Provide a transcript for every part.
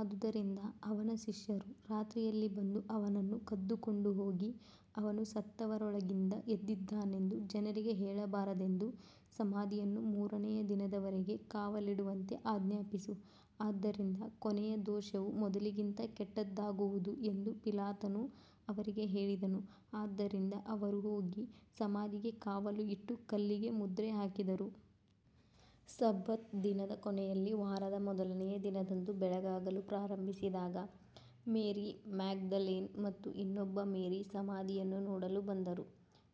ಆದುದರಿಂದ ಅವನ ಶಿಷ್ಯರು ರಾತ್ರಿಯಲ್ಲಿ ಬಂದು ಅವನನ್ನು ಕದ್ದುಕೊಂಡು ಹೋಗಿ ಅವನು ಸತ್ತವರೊಳಗಿಂದ ಎದ್ದಿದ್ದಾನೆಂದು ಜನರಿಗೆ ಹೇಳಬಾರದೆಂದು ಸಮಾಧಿಯನ್ನು ಮೂರನೆಯ ದಿನದವರೆಗೆ ಕಾವಲಿಡುವಂತೆ ಆಜ್ಞಾಪಿಸು, ಆದ್ದರಿಂದ ಕೊನೆಯ ದೋಷವು ಮೊದಲಿಗಿಂತ ಕೆಟ್ಟದ್ದಾಗುವುದು ಎಂದು ಪಿಲಾತನು ಅವರಿಗೆ ಹೇಳಿದನು, ಆದ್ದರಿಂದ ಅವರು ಹೋಗಿ ಸಮಾಧಿಗೆ ಕಾವಲು ಇಟ್ಟು ಕಲ್ಲಿಗೆ ಮುದ್ರೆ ಹಾಕಿದರು. ಸಬ್ಬತ್ ದಿನದ ಕೊನೆಯಲ್ಲಿ ವಾರದ ಮೊದಲನೆಯ ದಿನದಂದು ಬೆಳಗಾಗಲು ಪ್ರಾರಂಭಿಸಿದಾಗ ಮೇರಿ ಮ್ಯಾಗ್ದಲೇನ್ ಮತ್ತು ಇನ್ನೊಬ್ಬ ಮೇರಿ ಸಮಾಧಿಯನ್ನು ನೋಡಲು ಬಂದರು.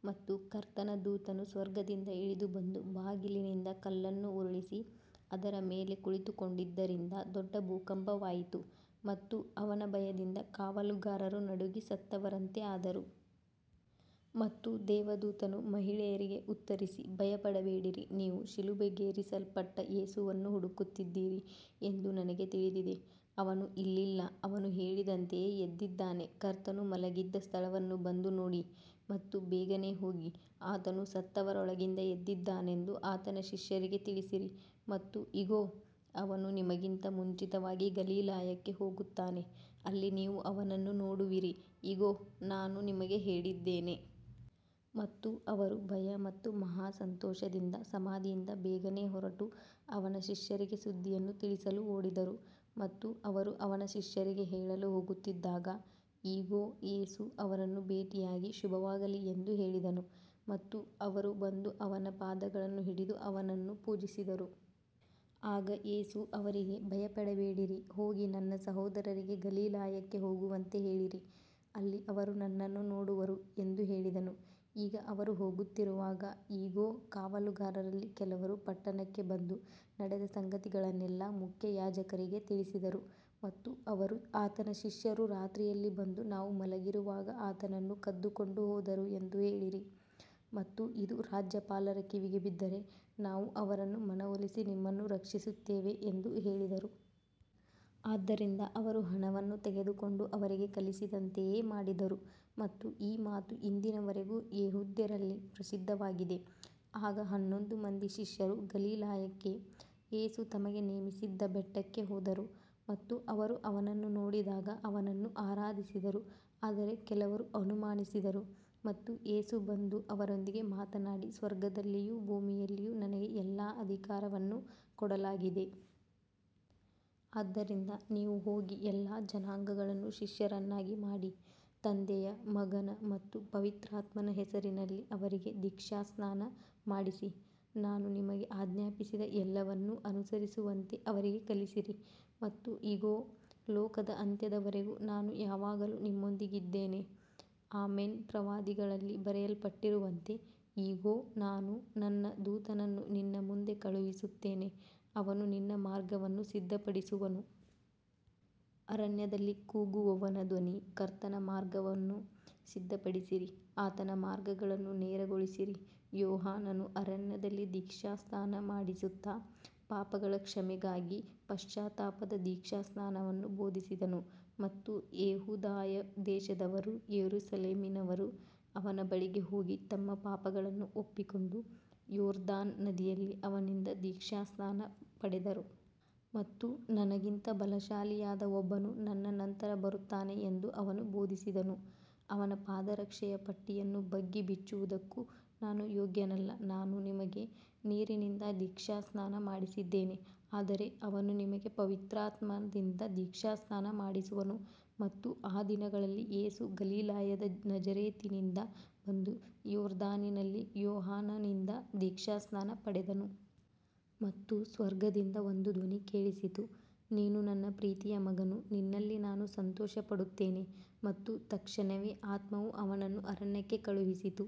ಮತ್ತು ಕರ್ತನ ದೂತನು ಸ್ವರ್ಗದಿಂದ ಇಳಿದು ಬಂದು ಬಾಗಿಲಿನಿಂದ ಕಲ್ಲನ್ನು ಉರುಳಿಸಿ ಅದರ ಮೇಲೆ ಕುಳಿತುಕೊಂಡಿದ್ದರಿಂದ ದೊಡ್ಡ ಭೂಕಂಪವಾಯಿತು. ಮತ್ತು ಅವನ ಭಯದಿಂದ ಕಾವಲುಗಾರರು ನಡುಗಿ ಸತ್ತವರಂತೆ ಆದರು. ಮತ್ತು ದೇವದೂತನು ಮಹಿಳೆಯರಿಗೆ ಉತ್ತರಿಸಿ, ಭಯಪಡಬೇಡಿರಿ, ನೀವು ಶಿಲುಬೆಗೇರಿಸಲ್ಪಟ್ಟ ಯೇಸುವನ್ನು ಹುಡುಕುತ್ತಿದ್ದೀರಿ ಎಂದು ನನಗೆ ತಿಳಿದಿದೆ. ಅವನು ಇಲ್ಲಿಲ್ಲ, ಅವನು ಹೇಳಿದಂತೆಯೇ ಎದ್ದಿದ್ದಾನೆ, ಕರ್ತನು ಮಲಗಿದ್ದ ಸ್ಥಳವನ್ನು ಬಂದು ನೋಡಿ. ಮತ್ತು ಬೇಗನೆ ಹೋಗಿ, ಆತನು ಸತ್ತವರೊಳಗಿಂದ ಎದ್ದಿದ್ದಾನೆಂದು ಆತನ ಶಿಷ್ಯರಿಗೆ ತಿಳಿಸಿರಿ, ಮತ್ತು ಇಗೋ, ಅವನು ನಿಮಗಿಂತ ಮುಂಚಿತವಾಗಿ ಗಲಿಲಾಯಕ್ಕೆ ಹೋಗುತ್ತಾನೆ, ಅಲ್ಲಿ ನೀವು ಅವನನ್ನು ನೋಡುವಿರಿ, ಇಗೋ, ನಾನು ನಿಮಗೆ ಹೇಳಿದ್ದೇನೆ. ಮತ್ತು ಅವರು ಭಯ ಮತ್ತು ಮಹಾ ಸಂತೋಷದಿಂದ ಸಮಾಧಿಯಿಂದ ಬೇಗನೆ ಹೊರಟು, ಅವನ ಶಿಷ್ಯರಿಗೆ ಸುದ್ದಿಯನ್ನು ತಿಳಿಸಲು ಓಡಿದರು. ಮತ್ತು ಅವರು ಅವನ ಶಿಷ್ಯರಿಗೆ ಹೇಳಲು ಹೋಗುತ್ತಿದ್ದಾಗ, ಇಗೋ, ಯೇಸು ಅವರನ್ನು ಭೇಟಿಯಾಗಿ, ಶುಭವಾಗಲಿ ಎಂದು ಹೇಳಿದನು, ಮತ್ತು ಅವರು ಬಂದು ಅವನ ಪಾದಗಳನ್ನು ಹಿಡಿದು ಅವನನ್ನು ಪೂಜಿಸಿದರು. ಆಗ ಯೇಸು ಅವರಿಗೆ, ಭಯಪಡಬೇಡಿರಿ, ಹೋಗಿ ನನ್ನ ಸಹೋದರರಿಗೆ ಗಲಿಲಾಯಕ್ಕೆ ಹೋಗುವಂತೆ ಹೇಳಿರಿ, ಅಲ್ಲಿ ಅವರು ನನ್ನನ್ನು ನೋಡುವರು ಎಂದು ಹೇಳಿದನು. ಈಗ ಅವರು ಹೋಗುತ್ತಿರುವಾಗ, ಇಗೋ, ಕಾವಲುಗಾರರಲ್ಲಿ ಕೆಲವರು ಪಟ್ಟಣಕ್ಕೆ ಬಂದು ನಡೆದ ಸಂಗತಿಗಳನ್ನೆಲ್ಲಾ ಮುಖ್ಯಯಾಜಕರಿಗೆ ತಿಳಿಸಿದರು. ಮತ್ತು ಅವರು, ಆತನ ಶಿಷ್ಯರು ರಾತ್ರಿಯಲ್ಲಿ ಬಂದು ನಾವು ಮಲಗಿರುವಾಗ ಆತನನ್ನು ಕದ್ದುಕೊಂಡು ಹೋದರು ಎಂದು ಹೇಳಿರಿ, ಮತ್ತು ಇದು ರಾಜ್ಯಪಾಲರ ಕಿವಿಗೆ ಬಿದ್ದರೆ ನಾವು ಅವರನ್ನು ಮನವೊಲಿಸಿ ನಿಮ್ಮನ್ನು ರಕ್ಷಿಸುತ್ತೇವೆ ಎಂದು ಹೇಳಿದರು. ಆದ್ದರಿಂದ ಅವರು ಹಣವನ್ನು ತೆಗೆದುಕೊಂಡು, ಅವರಿಗೆ ಕಲಿಸಿದಂತೆಯೇ ಮಾಡಿದರು, ಮತ್ತು ಈ ಮಾತು ಇಂದಿನವರೆಗೂ ಯೆಹೂದ್ಯರಲ್ಲಿ ಪ್ರಸಿದ್ಧವಾಗಿದೆ. ಆಗ ಹನ್ನೊಂದು ಮಂದಿ ಶಿಷ್ಯರು ಗಲಿಲಾಯಕ್ಕೆ, ಯೇಸು ತಮಗೆ ನೇಮಿಸಿದ್ದ ಬೆಟ್ಟಕ್ಕೆ ಹೋದರು. ಮತ್ತು ಅವರು ಅವನನ್ನು ನೋಡಿದಾಗ ಅವನನ್ನು ಆರಾಧಿಸಿದರು, ಆದರೆ ಕೆಲವರು ಅನುಮಾನಿಸಿದರು. ಮತ್ತು ಯೇಸು ಬಂದು ಅವರೊಂದಿಗೆ ಮಾತನಾಡಿ, ಸ್ವರ್ಗದಲ್ಲಿಯೂ ಭೂಮಿಯಲ್ಲಿಯೂ ನನಗೆ ಎಲ್ಲಾ ಅಧಿಕಾರವನ್ನು ಕೊಡಲಾಗಿದೆ. ಆದ್ದರಿಂದ ನೀವು ಹೋಗಿ ಎಲ್ಲಾ ಜನಾಂಗಗಳನ್ನು ಶಿಷ್ಯರನ್ನಾಗಿ ಮಾಡಿ, ತಂದೆಯ, ಮಗನ ಮತ್ತು ಪವಿತ್ರಾತ್ಮನ ಹೆಸರಿನಲ್ಲಿ ಅವರಿಗೆ ದೀಕ್ಷಾಸ್ನಾನ ಮಾಡಿಸಿ, ನಾನು ನಿಮಗೆ ಆಜ್ಞಾಪಿಸಿದ ಎಲ್ಲವನ್ನೂ ಅನುಸರಿಸುವಂತೆ ಅವರಿಗೆ ಕಲಿಸಿರಿ, ಮತ್ತು ಇಗೋ, ಲೋಕದ ಅಂತ್ಯದವರೆಗೂ ನಾನು ಯಾವಾಗಲೂ ನಿಮ್ಮೊಂದಿಗಿದ್ದೇನೆ, ಆಮೆನ್. ಪ್ರವಾದಿಗಳಲ್ಲಿ ಬರೆಯಲ್ಪಟ್ಟಿರುವಂತೆ, ಇಗೋ, ನಾನು ನನ್ನ ದೂತನನ್ನು ನಿನ್ನ ಮುಂದೆ ಕಳುಹಿಸುತ್ತೇನೆ, ಅವನು ನಿನ್ನ ಮಾರ್ಗವನ್ನು ಸಿದ್ಧಪಡಿಸುವನು. ಅರಣ್ಯದಲ್ಲಿ ಕೂಗುವವನ ಧ್ವನಿ, ಕರ್ತನ ಮಾರ್ಗವನ್ನು ಸಿದ್ಧಪಡಿಸಿರಿ, ಆತನ ಮಾರ್ಗಗಳನ್ನು ನೇರಗೊಳಿಸಿರಿ. ಯೋಹಾನನು ಅರಣ್ಯದಲ್ಲಿ ದೀಕ್ಷಾಸ್ನಾನ ಮಾಡಿಸುತ್ತಾ, ಪಾಪಗಳ ಕ್ಷಮೆಗಾಗಿ ಪಶ್ಚಾತ್ತಾಪದ ದೀಕ್ಷಾಸ್ನಾನವನ್ನು ಬೋಧಿಸಿದನು. ಮತ್ತು ಯೆಹೂದಾಯ ದೇಶದವರೂ ಯೆರೂಸಲೇಮಿನವರೂ ಅವನ ಬಳಿಗೆ ಹೋಗಿ ತಮ್ಮ ಪಾಪಗಳನ್ನು ಒಪ್ಪಿಕೊಂಡು, ಯೊರ್ದಾನ್ ನದಿಯಲ್ಲಿ ಅವನಿಂದ ದೀಕ್ಷಾಸ್ನಾನ ಪಡೆದರು. ಮತ್ತು ನನಗಿಂತ ಬಲಶಾಲಿಯಾದ ಒಬ್ಬನು ನನ್ನ ನಂತರ ಬರುತ್ತಾನೆ ಎಂದು ಅವನು ಬೋಧಿಸಿದನು, ಅವನ ಪಾದರಕ್ಷೆಯ ಪಟ್ಟಿಯನ್ನು ಬಗ್ಗಿ ಬಿಚ್ಚುವುದಕ್ಕೂ ನಾನು ಯೋಗ್ಯನಲ್ಲ. ನಾನು ನಿಮಗೆ ನೀರಿನಿಂದ ದೀಕ್ಷಾಸ್ನಾನ ಮಾಡಿಸಿದ್ದೇನೆ, ಆದರೆ ಅವನು ನಿಮಗೆ ಪವಿತ್ರಾತ್ಮದಿಂದ ದೀಕ್ಷಾಸ್ನಾನ ಮಾಡಿಸುವನು. ಮತ್ತು ಆ ದಿನಗಳಲ್ಲಿ ಯೇಸು ಗಲಿಲಾಯದ ನಜರೇತಿನಿಂದ ಬಂದು, ಯೊರ್ದಾನಿನಲ್ಲಿ ಯೋಹಾನನಿಂದ ದೀಕ್ಷಾಸ್ನಾನ ಪಡೆದನು. ಮತ್ತು ಸ್ವರ್ಗದಿಂದ ಒಂದು ಧ್ವನಿ ಕೇಳಿಸಿತು, ನೀನು ನನ್ನ ಪ್ರೀತಿಯ ಮಗನು, ನಿನ್ನಲ್ಲಿ ನಾನು ಸಂತೋಷಪಡುತ್ತೇನೆ. ಮತ್ತು ತಕ್ಷಣವೇ ಆತ್ಮವು ಅವನನ್ನು ಅರಣ್ಯಕ್ಕೆ ಕಳುಹಿಸಿತು.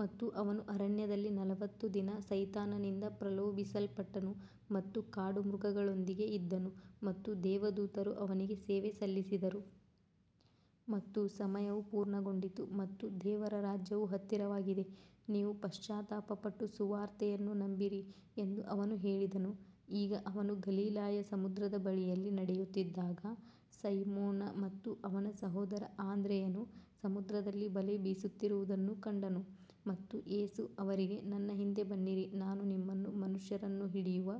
ಮತ್ತು ಅವನು ಅರಣ್ಯದಲ್ಲಿ ನಲವತ್ತು ದಿನ ಸೈತಾನನಿಂದ ಪ್ರಲೋಭಿಸಲ್ಪಟ್ಟನು, ಮತ್ತು ಕಾಡು ಮೃಗಗಳೊಂದಿಗೆ ಇದ್ದನು, ಮತ್ತು ದೇವದೂತರು ಅವನಿಗೆ ಸೇವೆ ಸಲ್ಲಿಸಿದರು. ಮತ್ತು ಸಮಯವು ಪೂರ್ಣಗೊಂಡಿತು, ಮತ್ತು ದೇವರ ರಾಜ್ಯವು ಹತ್ತಿರವಾಗಿದೆ, ನೀವು ಪಶ್ಚಾತ್ತಾಪಪಟ್ಟು ಸುವಾರ್ತೆಯನ್ನು ನಂಬಿರಿ ಎಂದು ಅವನು ಹೇಳಿದನು. ಈಗ ಅವನು ಗಲಿಲಾಯ ಸಮುದ್ರದ ಬಳಿಯಲ್ಲಿ ನಡೆಯುತ್ತಿದ್ದಾಗ, ಸೈಮೋನ ಮತ್ತು ಅವನ ಸಹೋದರ ಆಂದ್ರೆಯನು ಸಮುದ್ರದಲ್ಲಿ ಬಲೆ ಬೀಸುತ್ತಿರುವುದನ್ನು ಕಂಡನು. ಮತ್ತು ಯೇಸು ಅವರಿಗೆ, ನನ್ನ ಹಿಂದೆ ಬನ್ನಿರಿ, ನಾನು ನಿಮ್ಮನ್ನು ಮನುಷ್ಯರನ್ನು ಹಿಡಿಯುವ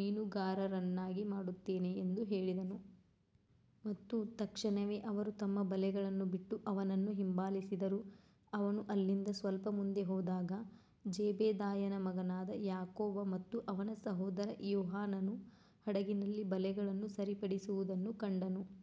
ಮೀನುಗಾರರನ್ನಾಗಿ ಮಾಡುತ್ತೇನೆ ಎಂದು ಹೇಳಿದನು. ಮತ್ತು ತಕ್ಷಣವೇ ಅವರು ತಮ್ಮ ಬಲೆಗಳನ್ನು ಬಿಟ್ಟು ಅವನನ್ನು ಹಿಂಬಾಲಿಸಿದರು. ಅವನು ಅಲ್ಲಿಂದ ಸ್ವಲ್ಪ ಮುಂದೆ ಹೋದಾಗ, ಜೆಬೆದಾಯನ ಮಗನಾದ ಯಾಕೋಬ ಮತ್ತು ಅವನ ಸಹೋದರ ಯೋಹಾನನು ಹಡಗಿನಲ್ಲಿ ಬಲೆಗಳನ್ನು ಸರಿಪಡಿಸುವುದನ್ನು ಕಂಡನು.